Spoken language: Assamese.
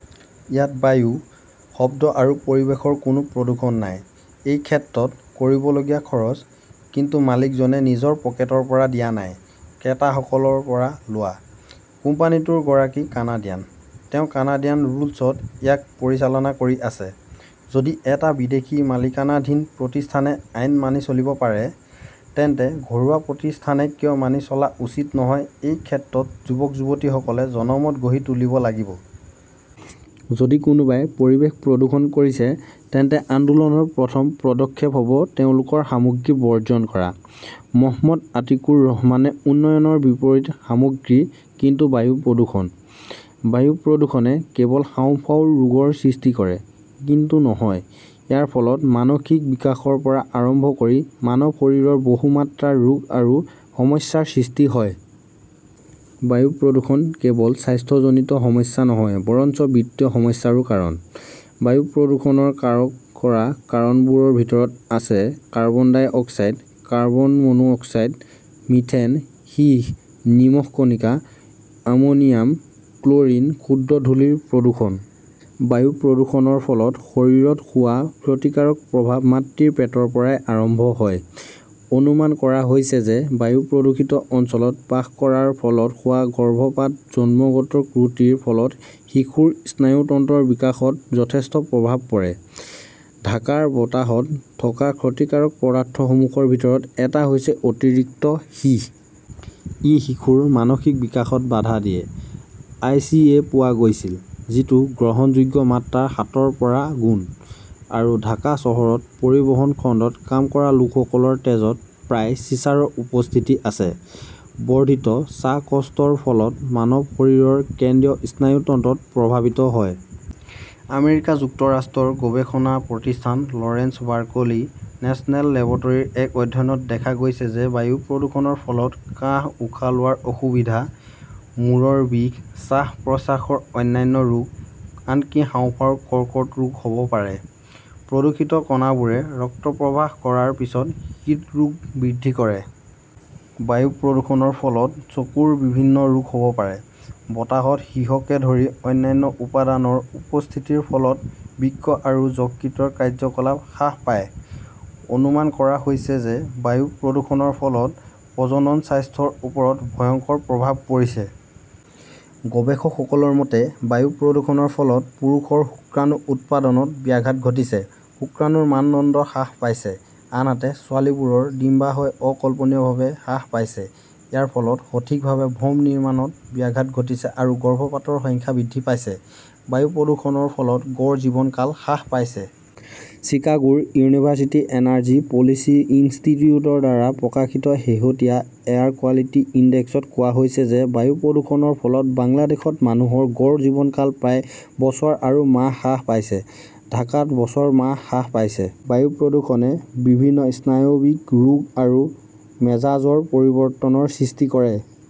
ইয়াত বায়ু, শব্দ আৰু পৰিৱেশৰ কোনো প্ৰদূষণ নাই। এই ক্ষেত্ৰত কৰিবলগীয়া খৰচ, কিন্তু মালিকজনে নিজৰ পকেটৰ পৰা দিয়া নাই। ক্ৰেতাসকলৰ পৰা লোৱা। কোম্পানীটোৰ গৰাকী কানাডিয়ান। তেওঁ কানাডিয়ান ৰুলছত ইয়াক পৰিচালনা কৰি আছে। যদি এটা বিদেশী মালিকানাধীন প্ৰতিষ্ঠানে আইন মানি চলিব পাৰে, তেন্তে ঘৰুৱা প্ৰতিষ্ঠানে কিয় মানি চলা উচিত নহয় এই ক্ষেত্ৰত যুৱক-যুৱতীসকলে জনমত গঢ়ি তুলিব লাগিব। যদি কোনোবাই পৰিৱেশ প্ৰদূষণ কৰিছে, তেন্তে আন্দোলনৰ প্ৰথম পদক্ষেপ হ’ব তেওঁলোকৰ সামগ্ৰী বৰ্জন কৰা। মহম্মদ আতিকুৰ ৰহমানে উন্নয়নৰ বিপৰীত সামগ্ৰী কিন্তু বায়ু প্ৰদূষণ। বায়ু প্ৰদূষণে কেৱল হাঁওফাঁওৰ ৰোগৰ সৃষ্টি কৰে, কিন্তু নহয়। ইয়াৰ ফলত মানসিক বিকাশৰ পৰা আৰম্ভ কৰি মানৱ শৰীৰৰ বহু মাত্ৰাৰ ৰোগ আৰু সমস্যাৰ সৃষ্টি হয়। বায়ু প্ৰদূষণ কেৱল স্বাস্থ্যজনিত সমস্যা নহয় বৰঞ্চ বিত্তীয় সমস্যাৰো কাৰণ। বায়ু প্ৰদূষণৰ কাৰক কৰা কণাবোৰৰ ভিতৰত আছে carbon dioxide, carbon monoxide, methane, সীহ, নিমখ কণিকা, আমোনিয়াম, ক্ল ৰিন, ক্ষুদ্ৰ ধূলি প্ৰদূষণ। বায়ু প্ৰদূষণৰ ফলত শৰীৰত হোৱা ক্ষতিকাৰক প্ৰভাৱ মাতৃৰ পেটৰ পৰাই আৰম্ভ হয়। অনুমান কৰা হৈছে যে বায়ু প্ৰদূষিত অঞ্চলত বাস কৰাৰ ফলত হোৱা গৰ্ভপাত/জন্মগত ত্ৰুটিৰ ফলত শিশুৰ স্নায়ুতন্ত্ৰৰ বিকাশত যথেষ্ট প্ৰভাৱ পৰে। ঢাকাৰ বতাহত থকা ক্ষতিকাৰক পদাৰ্থসমূহৰ ভিতৰত এটা হৈছে অতিৰিক্ত সীহ। ই শিশুৰ মানসিক বিকাশত বাধা দিয়ে। আই. চি. এ. পোৱা গৈছিল, যিটো গ্ৰহণযোগ্য মাত্ৰাৰ সাত ৰ পৰা গুণ। আৰু ঢাকা চহৰত পৰিবহণ খণ্ডত কাম কৰা লোকসকলৰ তেজত প্ৰায় চিছাৰৰ উপস্থিতি আছে। বৰ্ধিত শ্বাসকষ্টৰ ফলত মানৱ শৰীৰৰ কেন্দ্ৰীয় স্নায়ুতন্ত্ৰ প্ৰভাৱিত হয়। আমেৰিকা যুক্তৰাষ্ট্ৰৰ গৱেষণা প্ৰতিষ্ঠান লৰেন্স বাৰ্কলি নেচনেল লেবৰেটৰীৰ এক অধ্যয়নত দেখা গৈছে যে বায়ু প্ৰদূষণৰ ফলত কাহ-উশাহ লোৱাৰ অসুবিধা, মূৰৰ বিষ, শ্বাস-প্ৰশ্বাসৰ অন্যান্য ৰোগ, আনকি হাঁওফাঁওৰ কৰ্কট ৰোগ হ 'ব পাৰে। প্ৰদূষিত কণাবোৰে ৰক্ত প্ৰবাহ কৰাৰ পিছত হৃদৰোগ বৃদ্ধি কৰে। বায়ু প্ৰদূষণৰ ফলত চকুৰ বিভিন্ন ৰোগ হ’ব পাৰে। বতাহত সীহকে ধৰি অন্যান্য উপাদানৰ উপস্থিতিৰ ফলত বৃক্ক আৰু যকৃতৰ কাৰ্য্যকলাপ হ্ৰাস পায়। অনুমান কৰা হৈছে যে বায়ু প্ৰদূষণৰ ফলত প্ৰজনন স্বাস্থ্যৰ ওপৰত ভয়ংকৰ প্ৰভাৱ পৰিছে। গৱেষকসকলৰ মতে, বায়ু প্ৰদূষণৰ ফলত পুৰুষৰ শুক্ৰাণু উৎপাদনত ব্যাঘাত ঘটিছে; শুক্ৰাণুৰ মানদণ্ড হ্ৰাস পাইছে। আনহাতে ছোৱালীবোৰৰ ডিম্বাশয় অকল্পনীয়ভাৱে হ্ৰাস পাইছে। ইয়াৰ ফলত সঠিকভাৱে ভ্ৰূণ নিৰ্মাণত ব্যাঘাত ঘটিছে আৰু গৰ্ভপাতৰ সংখ্যা বৃদ্ধি পাইছে। বায়ু প্ৰদূষণৰ ফলত গড় জীৱনকাল হ্ৰাস পাইছে। চিকাগোৰ ইউনিভাৰ্চিটি এনাৰ্জি পলিচি ইনষ্টিটিউটৰ দ্বাৰা প্ৰকাশিত শেহতীয়া এয়াৰ কোৱালিটি ইনডেক্স ত কোৱা হৈছে যে বায়ু প্ৰদূষণৰ ফলত বাংলাদেশত মানুহৰ গড় জীৱনকাল প্ৰায় বছৰ আৰু মাহ হ্ৰাস পাইছে। ঢাকাত বছৰ মাহ হ্ৰাস পাইছে। বায়ু প্ৰদূষণে বিভিন্ন স্নায়ৱিক ৰোগ আৰু মেজাজৰ পৰিৱৰ্তনৰ সৃষ্টি কৰে ।